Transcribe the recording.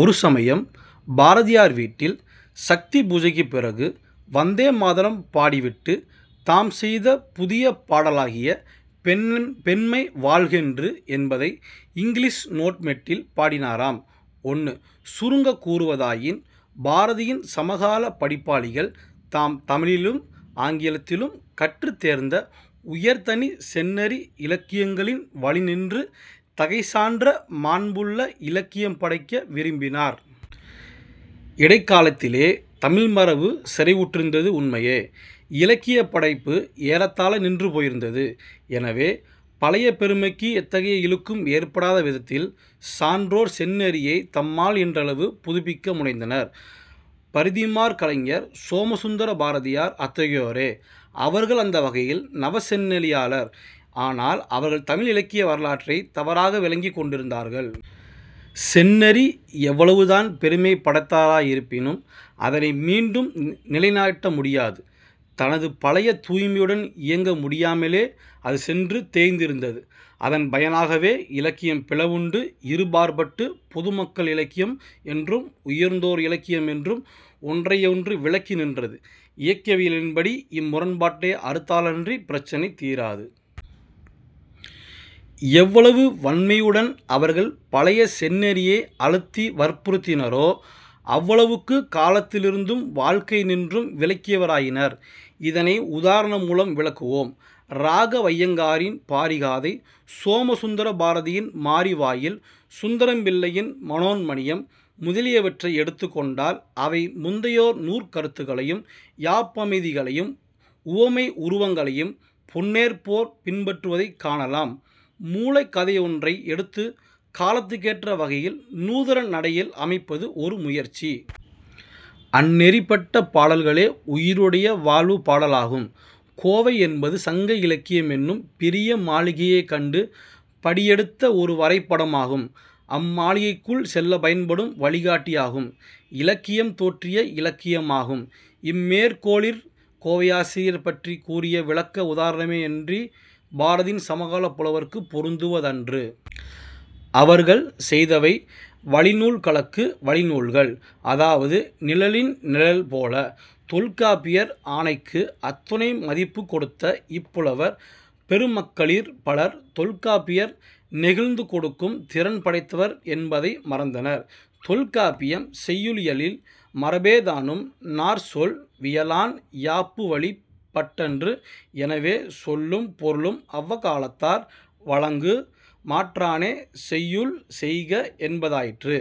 ஒரு சமயம் பாரதியார் வீட்டில் சக்தி பூஜைக்குப் பிறகு "வந்தே மாதரம்" பாடிவிட்டு, "தாம் செய்த புதிய பாடலாகிய 'பெண்பெண்மை வாழ்கென்று' என்பதை இங்கிலீஷ் "நோட்மெட்டில்" பாடினாராம்.। சுருங்கக் கூறுவதாயின் பாரதியின் சமகாலப் படிப்பாளிகள் தாம் தமிழிலும் ஆங்கிலத்திலும் கற்றுத்தேர்ந்த உயர்தனிச் செந்நெறி இலக்கியங்களின் வழிநின்று தகை சான்ற மாண்புள்ள-இலக்கியம் படைக்க விரும்பினர். இடைக்காலத்திலே தமிழ் மரபு சிதைவுற்றிருந்தது உண்மையே. இலக்கியப் படைப்பு ஏறத்தாழ நின்று போயிருந்தது. எனவே பழைய பெருமைக்கு எத்தகைய இழுக்கும் ஏற்படாத விதத்தில் சான்றோர் செந்நெறியைத் தம்மாலியன்றளவு புதுப்பிக்க முனைந்தனர். பரிதிமாற் கலைஞர், சோமசுந்தர பாரதியார் அத்தகையோரே. அவர்கள் அந்த வகையில் நவசெந்நெறியாளர். ஆனால் அவர்கள் தமிழ் இலக்கிய வரலாற்றைத் தவறாக விளங்கிக் கொண்டிருந்தார்கள். செந்நெறி எவ்வளவு தான் பெருமை படைத்தாராயிருப்பினும், அதனை மீட்டும் நிலைநாட்ட முடியாது. தனது பழைய 'தூய்மை'யுடன் இயங்க முடியாமலே அது சென்று தேய்ந்திருந்தது. அதன் பயனாகவே இலக்கியம் பிளவுண்டு இருபாற்பட்டு, பொதுமக்கள் இலக்கியம் என்றும், உயர்ந்தோர் இலக்கியம் என்றும் ஒன்றையொன்று விலக்கி நின்றது. இயக்கவியலின்படி இம் முரண்பாட்டை அறுத்தாலன்றிப் பிரச்சினை தீராது. எவ்வளவு வன்மையுடன் அவர்கள் பழைய செந்நெறியை அழுத்தி வற்புறுத்தினரோ அவ்வளவுக்குக் காலத்திலிருந்தும் வாழ்க்கையினின்றும் விலகியவராயினர். இதனை உதாரணமூலம் விளக்குவோம். இராகவையங்காரின் பாரிகாதை, சோமசுந்தர பாரதியாரின் மாரிவாயில், சுந்தரம்பிள்ளையின் மனோன்மணீயம், முதலியவற்றை எடுத்துக்கொண்டால், அவை முந்தையோர் நூற்கருத்துக்களையும், யாப்பமைதிகளையும், உவமை உருவங்களையும் பொன்னேபோற் பின்பற்றுவதைக் காணலாம். மூலக் கதையொன்றை எடுத்துக் காலத்துக்கேற்ற வகையில் நூதன நடையில் அமைப்பது ஒரு முயற்சி. அந்நெறிப்பட்ட பாடல்களே உயிருடைய வாழ்வுப் பாடலாகும்... கோவை என்பது சங்க இலக்கியம் என்னும் பெரிய மாளிகையைக் கண்டு படியெடுத்த ஒரு வரைப் படமாகும்; அம்மாளிகைக்குள் செல்லப் பயன்படும் வழிகாட்டியாகும்; இலக்கியம் தோற்றிய இலக்கியமாகும். " இம்மேற்கோளிற் கோவையாசிரியர் பற்றிக் கூறியது விளக்க உதாரணமேயன்றிப் பாரதியின் சமகாலப் புலவர்க்குப் பொருந்துவதன்று. அவர்கள் செய்தவை வழிநூல்களக்கு வழிநூல்கள். அதாவது நிழலின் நிழல்போல! தொல்காப்பியர் ஆணைக்கு அத்துணை மதிப்புக் கொடுத்த இப்புலவர் பெருமக்களிற் பலர் தொல்காப்பியர் நெகிழ்ந்துகொடுக்கும் திறன் படைத்தவர் என்பதை மறந்தனர். தொல்காப்பியம் செய்யுளியலில், "மரபேதானும் நாற் சொல் வியலான் யாப்புவழிப் பட்டன்று" "எனவே, சொல்லும் பொருளும் அவ்வக்காலத்தார் வழங்கு மாற்றானே செய்யுள் செய்க என்பதாயிற்று.